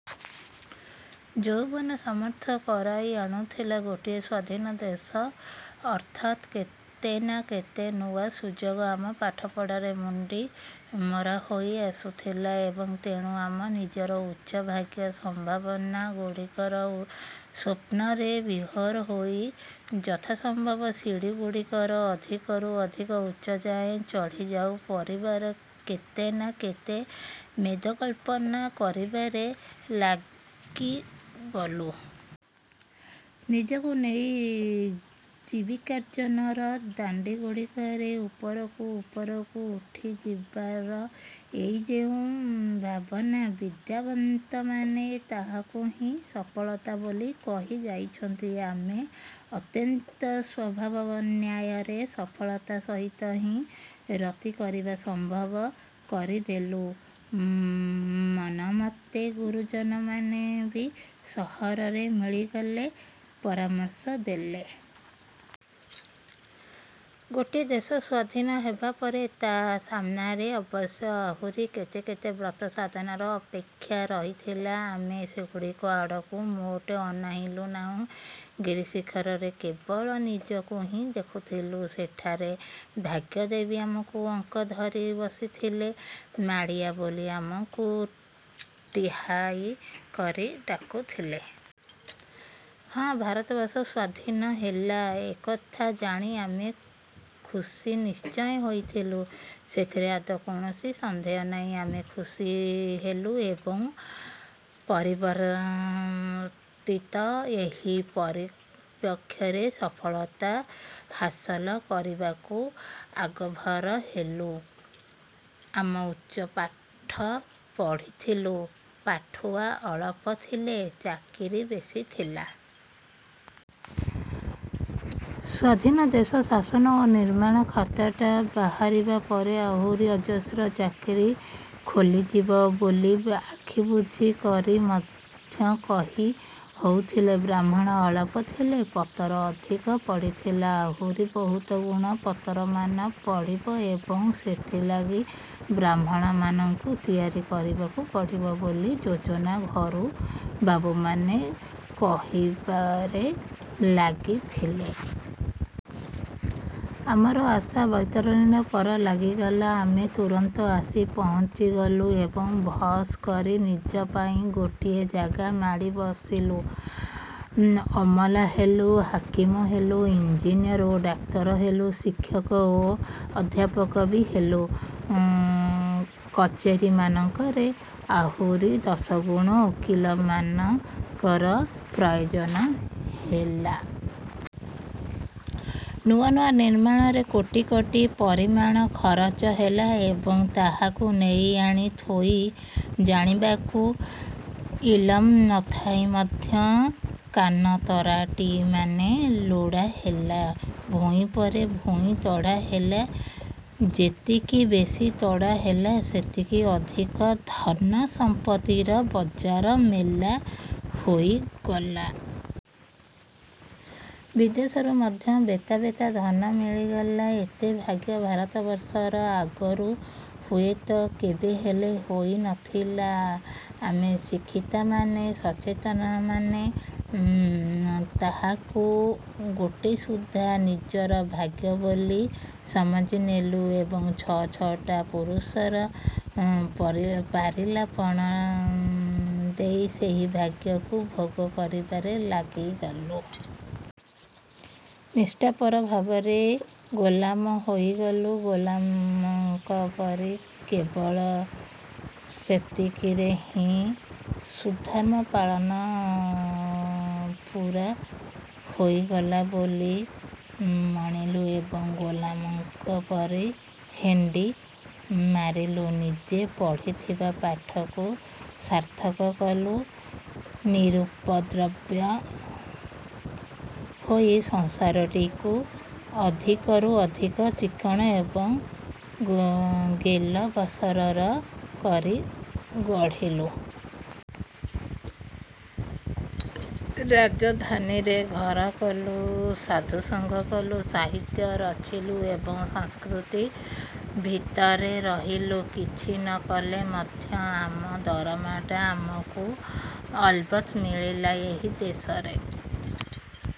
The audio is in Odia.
ଯୌବନ ସମର୍ଥ କରାଇ ଆଣୁଥିଲା। ଗୋଟାଏ ସ୍ୱାଧନ ଦେଶ, ଅର୍ଥାତ୍ କେତେ ନା କେତେ ନୂତନ ସୁଯୋଗ। ଆମ ପାଠପଢ଼ାର ମୁଣ୍ଡି ମରାହୋଇ ଆସୁଥିଲା ଏବଂ ତେଣୁ ଆମେ ନିଜର ଉଚ୍ଚ ଭାଗ୍ୟ-ସମ୍ଭାବନାଗୁଡ଼ିକର ସ୍ୱପ୍ନରେ ବିଭୋର ହୋଇ ଯଥାସମ୍ଭବ ସିଡ଼ିଗୁଡ଼ାକର ଅଧିକରୁ ଅଧିକ ଉଚ୍ଚ ଯାଏ ଉଠିଯାଇ ପରିବାର କେତେ ନା କେତେ ମେଦକଳ୍ପନା କରିବାରେ ଲାଗିଗଲୁ। ନିଜକୁ ନେଇ ଜୀବିକାର୍ଜନର ଦାଣ୍ଡିଗୁଡ଼ିକରେ ଉପରକୁ ଉପରକୁ ଉଠିଯିବାର ଏଇ ଯେଉଁ ଭାବନା, ବିଦ୍ୟାବନ୍ତମାନେ ତାହାକୁ ହିଁ ସଫଳତା ବୋଲି କହି ଯାଇଛନ୍ତି। ଆମେ ଅତ୍ୟନ୍ତ ସ୍ୱଭାବନ୍ୟାୟରେ ସଫଳତା ସହିତ ହିଁ ରତି କରିବା ଆରମ୍ଭ କରିଦେଲୁ। ମନୋମତ ଗୁରୁଜନମାନେ ବି ସହଜରେ ମିଳିଗଲେ, ପରାମର୍ଶ ଦେଲେ। ଗୋଟାଏ ଦେଶ ସ୍ୱାଧୀନ ହେବାପରେ ତା' ସାମ୍ନାରେ ଅବଶ୍ୟ ଆହୁରି କେତେ କେତେ ବ୍ରତ-ସାଧନାର ଅପେକ୍ଷା ରହିଥିଲା। ଆମେ ସେଗୁଡ଼ିକ ଆଡ଼କୁ ମୋଟେ ଅନାଇଲୁ ନାହିଁ। ଗିରିଶିଖରେ କେବଳ ନିଜକୁ ହିଁ ଦେଖିଥିଲୁ। ସେଠାରେ ଭାଗ୍ୟଦେବୀ ଆମକୁ ଅଙ୍କରେ ଧରି ବସିଥିଲେ। ମାଡ଼ି ଆ' ବୋଲି ଆମକୁ ଟିହାଇ କରି ଡାକୁଥିଲେ। ହଁ, ଭାରତବର୍ଷ ସ୍ୱାଧୀନ ହେଲା, ଏକଥା ଜାଣି ଆମେ ଖୁସି ନିଶ୍ଚୟ ହୋଇଥିଲୁ। ସେଥିରେ ଆଦୌ କୌଣସି ସନ୍ଦେହ ନାହିଁ। ଆମେ ଖୁସି ହେଲୁ ଏବଂ ପରିବର୍ତ୍ତିତ ଏହି ପରିପ୍ରେକ୍ଷୀରେ ସଫଳତା ହାସଲ କରିବାକୁ ଆଗଭର ହେଲୁ। ଆମେ ଉଚ୍ଚ ପାଠ ପଢ଼ିଥିଲୁ। ପାଠୁଆ ଅଳପ ଥିଲେ, ଚାକିରି ବେଶୀ ଥିଲା। ସ୍ୱାଧୀନ ଦେଶର ଶାସନ ଓ ନିର୍ମାଣ-ଖାତାଟା ବାହାରିବା ପରେ ଆହୁରି ଅଜସ୍ର ଚାକିରି ଖୋଲିଯିବ ବୋଲି ଆଖି ବୁଜି କରି ମଧ୍ୟ କହି ହେଉଥିଲା। ବ୍ରାହ୍ମଣ ଅଳପ ଥିଲେ, ପତର ଅଧିକା ପଡ଼ିଥିଲା। ଆହୁରି ବହୁତ ଗୁଣ ପତରମାନ ପଡ଼ିବ ଏବଂ ସେଥିଲାଗି ବ୍ରାହ୍ମଣମାନଙ୍କୁ ତିଆରି କରିବାକୁ ପଡ଼ିବ ବୋଲି ଯୋଜନା-ଘରୁ ବାବୁମାନେ କହିବାରେ ଲାଗିଥିଲେ। ଆମର ଆଶା-ବୈତରଣୀରେ ପର ଲାଗିଗଲା। ଆମେ ତୁରନ୍ତ ଆସି ପହଞ୍ଚିଗଲୁ ଏବଂ ଭସ୍ କରି ନିଜ ପାଇଁ ଗୋଟିଏ ଜାଗା ମାଡ଼ି ବସିଲୁ। ଅମଲା ହେଲୁ, ହାକିମ ହେଲୁ, ଇଞ୍ଜିନିଅର ଓ ଡାକ୍ତର ହେଲୁ। ଶିକ୍ଷକ ଓ ଅଧ୍ୟାପକ ବି ହେଲୁ। କଚେରୀମାନଙ୍କରେ ଆହୁରି ଦଶଗୁଣ ଓକିଲମାନଙ୍କର ପ୍ରୟୋଜନ ହେଲା। ନୂଆ ନୂଆ ନିର୍ମାଣରେ କୋଟି କୋଟି ପରିମାଣେ ଖରଚ ହେଲା ଏବଂ ତାହାକୁ ନେଇ ଆଣି ଥୋଇ ଜାଣିବାକୁ ଇଲମ ନଥାଇ ମଧ୍ୟ କାନତରାଟିମାନେ ଲୋଡ଼ା ହେଲେ। ଭୂଇଁ ପରେ ଭୂଇଁ ତଡ଼ା ହେଲା,- ଯେତିକି ବେଶୀ ତଡ଼ା ହେଲା, ସେତିକି ଅଧିକ ଧନସମ୍ପତ୍ତିର ବଜାର ମେଲା ହୋଇଗଲା। ବିଦେଶରୁ ମଧ୍ୟ ବେତା ବେତା ଧନ ମିଳିଗଲା। ଏତେ ଭାଗ୍ୟ ଭାରତବର୍ଷର ଆଗରୁ ହୁଏତ କେବେହେଲେ ହୋଇନଥିଲା। ଆମେ ଶିକ୍ଷିତମାନେ, ସଚେତନମାନେ ତାହାକୁ ଗୋଟାସୁଦ୍ଧା ନିଜର ଭାଗ୍ୟ ବୋଲି ସମଝି ନେଲୁ ଏବଂ ଛଅ ଛଅଟା ପୁରୁଷର ପାରିଲାପଣ ଦେଇ ସେହି ଭାଗ୍ୟକୁ ଭୋଗ କରିବାରେ ଲାଗିଗଲୁ। ନିଷ୍ଠାପର ଭାବରେ ଗୋଲାମ ହୋଇଗଲୁ, ଗୋଲାମଙ୍କ ପରି କେବଳ ସେତିକିରେ ହିଁ ସ୍ୱଧର୍ମ-ପାଳନ ପୂରା ହୋଇଗଲା ବୋଲି ମଣିଲୁ ଏବଂ ଗୋଲାମଙ୍କ ପରି ହେଣ୍ଡି ମାରିଲୁ। ନିଜେ ପଢ଼ିଥିବା ପାଠକୁ ସାର୍ଥକ କଲୁ। ନିରୁପଦ୍ରବ ହୋଇ ସଂସାରଟିକୁ ଅଧିକରୁ ଅଧିକ ଚିକ୍କଣ ଏବଂ ଗେଲବସର କରି ଗଢ଼ିଲୁ। ରାଜଧାନୀରେ ଘର କଲୁ। ସାଧୁସଙ୍ଗ କଲୁ, ସାହିତ୍ୟ ଚରିଲୁ ଏବଂ ସଂସ୍କୃତି ଭିତରେ ରହିଲୁ। କିଛି ନ କଲେ ମଧ୍ୟ ଆମ ଦରମାଟା ଆମକୁ ଅଲବତ ମିଳିଲା। ଏହି ଦେଶରେ